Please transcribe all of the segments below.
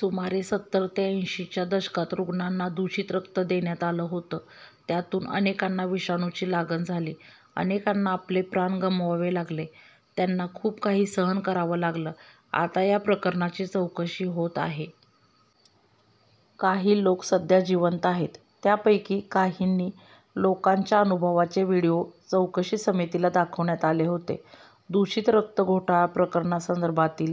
सुमारे सत्तर ते ऐंशीच्या दशकात रुग्णांना दूषित रक्त देण्यात आलं होतं. त्यातून अनेकांना विषाणूची लागण झाली. अनेकांना आपले प्राण गमवावे लागले. त्यांना खूप काही सहन करावं लागलं. आता या प्रकरणाची चौकशी होत आहे. काही लोक सध्या जिवंत आहेत. त्यापैकी काहींनी लोकांच्या अनुभवाचे व्हीडिओ चौकशी समितीला दाखवण्यात आले होते. दूषित रक्त घोटाळा प्रकरणासंदर्भातील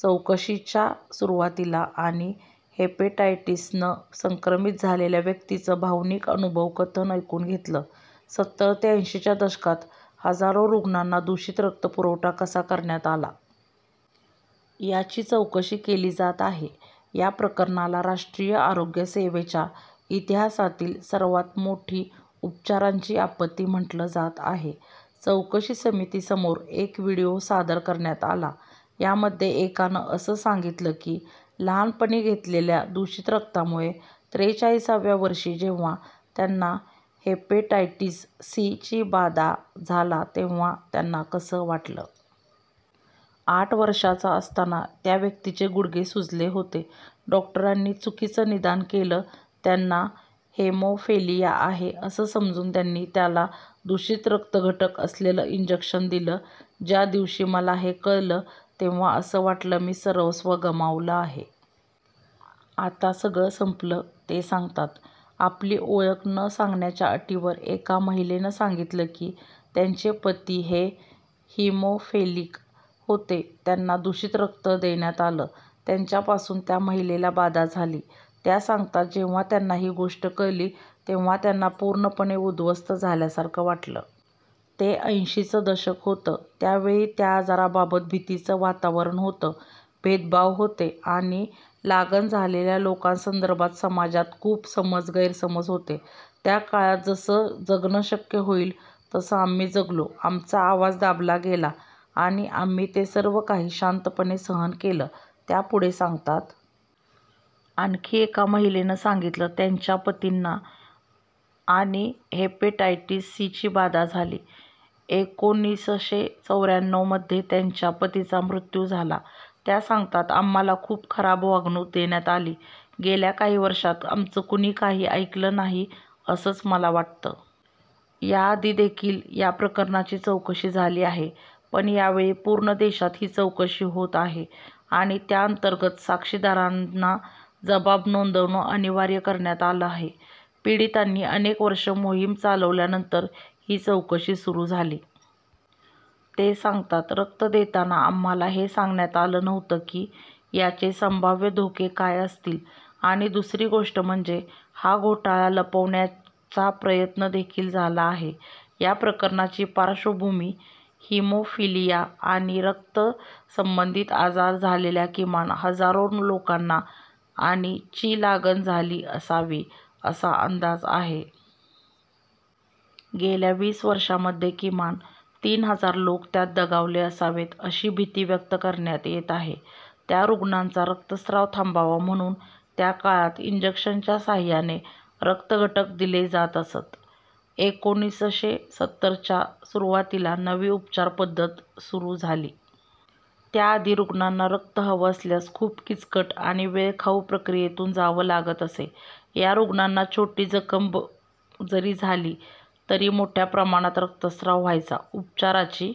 चौकशीच्या सुरुवातीला आणि हेपेटायटिसनं संक्रमित झालेल्या व्यक्तींचं भावनिक अनुभव कथन ऐकून घेतलं. सत्तर ते ऐंशीच्या दशकात हजारो रुग्णांना दूषित रक्त पुरवठा कसा करण्यात आला. याची चौकशी केली जात आहे. या प्रकरणाला राष्ट्रीय आरोग्य सेवेच्या इतिहासातली सर्वांत मोठी उपचारांची आपत्ती म्हटलं जात आहे. चौकशी समितीसमोर एक व्हिडिओ सादर करण्यात आला. त्यामध्ये एकानं असं सांगितलं की लहानपणी घेतलेल्या दूषित रक्तामुळे त्रेचाळीसाव्या वर्षी जेव्हा त्यांना हेपेटायटिस सी ची बाधा झाला तेव्हा त्यांना कसं वाटलं. आठ वर्षांचा असताना त्या व्यक्तीचे गुडघे सुजले होते. डॉक्टरांनी चुकीचं निदान केलं. त्यांना हेमोफेलिया आहे असं समजून त्यांनी त्याला दूषित रक्तघटक असलेलं इंजेक्शन दिलं. ज्या दिवशी मला हे कळलं तेव्हा असं वाटलं मी सर्वस्व गमावलं आहे. आता सगळं संपलं, ते सांगतात. आपली ओळख न सांगण्याच्या अटीवर एका महिलेनं सांगितलं की त्यांचे पती हे हिमोफिलिक होते. त्यांना दूषित रक्त देण्यात आलं. त्यांच्यापासून त्या महिलेला बाधा झाली. त्या सांगतात जेव्हा त्यांना ही गोष्ट कळली तेव्हा त्यांना पूर्णपणे उद्ध्वस्त झाल्यासारखं वाटलं. ते ऐंशीचं दशक होतं. त्यावेळी या आजाराबाबत भीतीचं वातावरण होतं, भेदभाव होते आणि लागण झालेल्या लोकांसदर्भात समाजात खूप समज गैरसमज होते. त्या काळात जसं जगणं शक्य होईल तसं आम्ही जगलो. आमचा आवाज दाबला गेला आणि आम्ही ते सर्वकाही शांतपणे सहन केलं, त्या पुढे सांगतात. आणखी एका महिलेनं सांगितलं त्यांच्या पतींना आणि हेपेटायटिस सी ची बाधा झाली. एकोणीसशे चौऱ्याण्णवमध्ये त्यांच्या पतीचा मृत्यू झाला. त्या सांगतात, आम्हाला खूप खराब वागणूक देण्यात आली. गेल्या काही वर्षांत आमचं कुणी काही ऐकलं नाही असंच मला वाटतं. याआधी देखील या प्रकरणाची चौकशी झाली आहे. पण यावेळी पूर्ण देशात ही चौकशी होत आहे आणि त्याअंतर्गत साक्षीदारांना जबाब नोंदवणं अनिवार्य करण्यात आलं आहे. पीडितांनी अनेक वर्षं मोहीम चालवल्यानंतर ही चौकशी सुरू झाली. ते सांगतात रक्त देताना आम्हाला हे सांगण्यात आलं नव्हतं की याचे संभाव्य धोके काय असतील आणि दुसरी गोष्ट म्हणजे हा घोटाळा लपवण्याचा प्रयत्न देखील झाला आहे. या प्रकरणाची पार्श्वभूमी हिमोफिलिया आणि रक्तासंबंधित आजार झालेल्या किमान हजारो लोकांना आणि ची लागण झाली असावी असा अंदाज आहे. गेल्या वीस वर्षांमध्ये किमान तीन हजार लोक त्यात दगावले असावेत अशी भीती व्यक्त करण्यात येत आहे. त्या रुग्णांचा रक्तस्राव थांबावा म्हणून त्या काळात इंजेक्शनच्या साहाय्याने रक्तघटक दिले जात असत. एकोणीसशे सत्तरच्या सुरुवातीला नवी उपचार पद्धत सुरू झाली. त्याआधी रुग्णांना रक्त हवं असल्यास खूप किचकिट आणि वेळखाऊ प्रक्रियेतून जावं लागत असे. या रुग्णांना छोटी जखम जरी झाली तरी मोठ्या प्रमाणात रक्तस्राव व्हायचा. उपचाराची